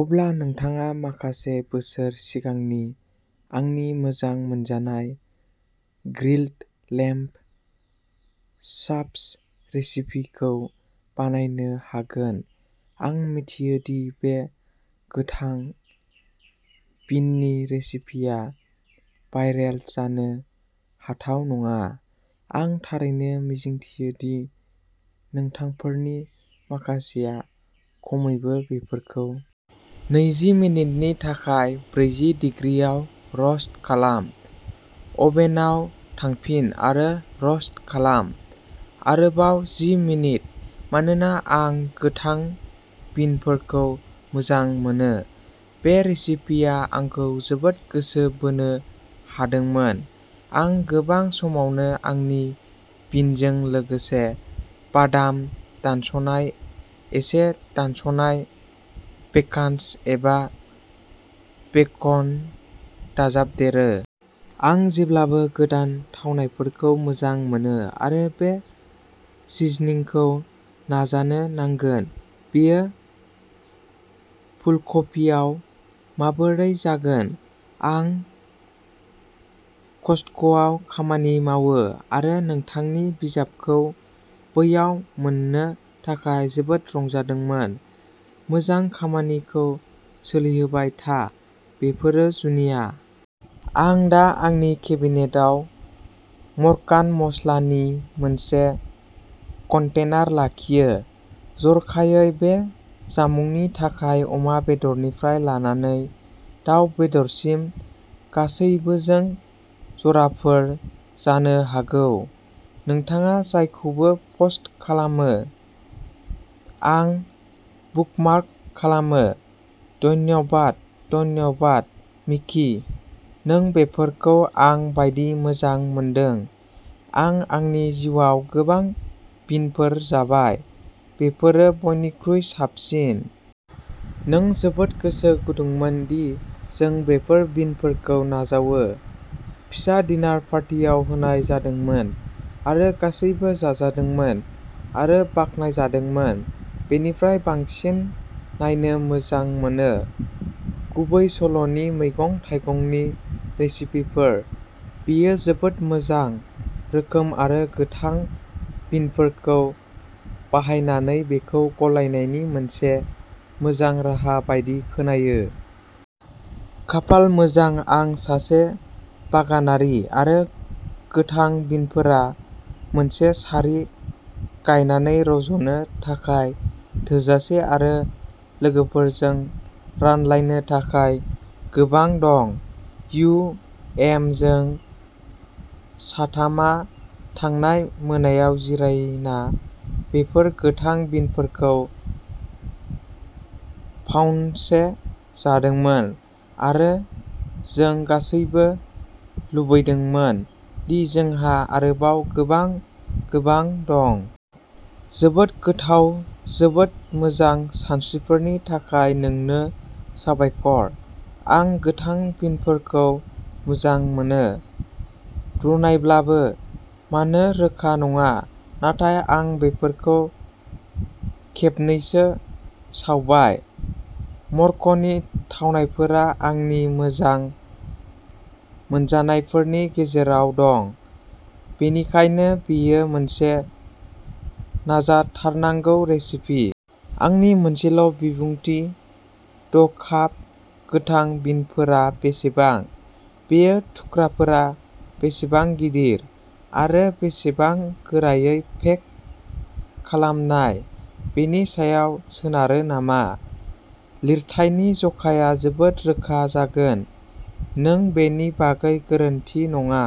अब्ला नोंथाङा माखासे बोसोर सिगांनि आंनि मोजां मोनजानाय ग्रिल्ड लेम्ब चाप्स रेसिपिखौ बानायनो हागोन आं मिथियो दि बे गोथां बिननि रेसिपिया भाइरेल जानो हाथाव नङा, आं थारैनो मिजिंथियो दि नोंथांफोरनि माखासेया खमैबो बेफोरखौ नैजि मिनिटनि थाखाय ब्रैजौ दिग्रि आव र'स्ट खालाम। अभेनआव थांफिन आरो र'स्ट खालाम। आरोबाव जि मिनिट। मानोना आं गोथां बिनफोरखौ मोजां मोनो, बे रेसिपिया आंखौ जोबोद गोसो बोनो हादोंमोन। आं गोबां समावनो आंनि बिनजों लोगोसे बादाम दानस'नाय, एसे दानस'नाय पेकान्स एबा बेकन दाजाबदेरो। आं जेब्लाबो गोदान थावनायफोरखौ मोजां मोनो आरो बे सिजनिंखौ नाजानो नांगोन बेयो फुलकबियाव माबोरै जागोन? आं कस्टक'आव खामानि मावो आरो नोंथांनि बिजाबखौ बैयाव मोन्नो थाखाय जोबोद रंजादोंमोन। मोजां खामानिखौ सोलिहोबाय था बेफोरो जुनिया आं दा आंनि केबिनेटआव मक्कान मस्ला नि मोनसे कन्टेनार लाखियो जर'खायै बे जामुंनि थाखाय अमा बेदरनिफ्राय लानानै दाव बेदरसिम गासैबोजों जराफोर जानो हागौ नोंथाङा जायखौबो पस्ट खालामो, आं बुकमार्क खालामो, धन्यबाद धन्यबाद मिकि, नों बेफोरखौ आं बायदि मोजां मोनदों आं आंनि जिउआव गोबां बिनफोर जाबाय, बेफोरो बयनिख्रुइ साबसिन। नों जोबोद गोसो गुदुंमोन दि जों बेफोर बिनफोरखौ नाजावो। फिसा डिनार पार्टियाव होनाय जादोंमोन आरो गासैबो जाजादोंमोन आरो बाखनायजादोंमोन। बेनिफ्राय बांसिन नायनो मोजां मोनो। गुबैसल'नि मैगं-थाइगंनि रेसिपिफोर। बेयो जोबोद मोजां रोखोम आरो गोथां बिनफोरखौ बाहायनानै बेखौ गलायनायनि मोनसे मोजां राहा बायदि खोनायो। खाफाल मोजां आं सासे बागानारि, आरो गोथां बिनफोरा मोनसे सारि गायनानै रज'नो थाखाय थोजासे आरो लोगोफोरजों रानलायनो थाखाय गोबां दं यु एम जों साथामआ थांनाय मोनायाव जिरायना बेफोर गोथां बिनफोरनि पाउन्दसे जादोंमोन, आरो जों गासैबो लुबैदोंमोन दि जोंहा आरोबाव गोबां, गोबां दं। जोबोद गोथाव जोबोद मोजां सानस्रिफोरनि थाखाय नोंनो साबायखर। आं गोथां बिनफोरखौ मोजां मोनो, रुनायब्लाबो। मानो रोखा नङा, नाथाय आं बेफोरखौ खेबनैसो सावबाय। मरक्क'नि थावनायफोरा आंनि मोजां मोनजानायफोरनि गेजेराव दं, बेनिखायनो बेयो मोनसे नाजाथारनांगौ रेसिपि। आंनि मोनसेल' बिबुंथि द'काप गोथां बिनफोरा बेसेबां? बेयो थुख्राफोरा बेसेबां गिदिर, आरो बेसेबां गोरायै पेक खालामनाय बेनि सायाव सोनारो नामा? लिरथायनि जखाया जोबोद रोखा जागोन। नों बेनि बागै गोरोन्थि नङा,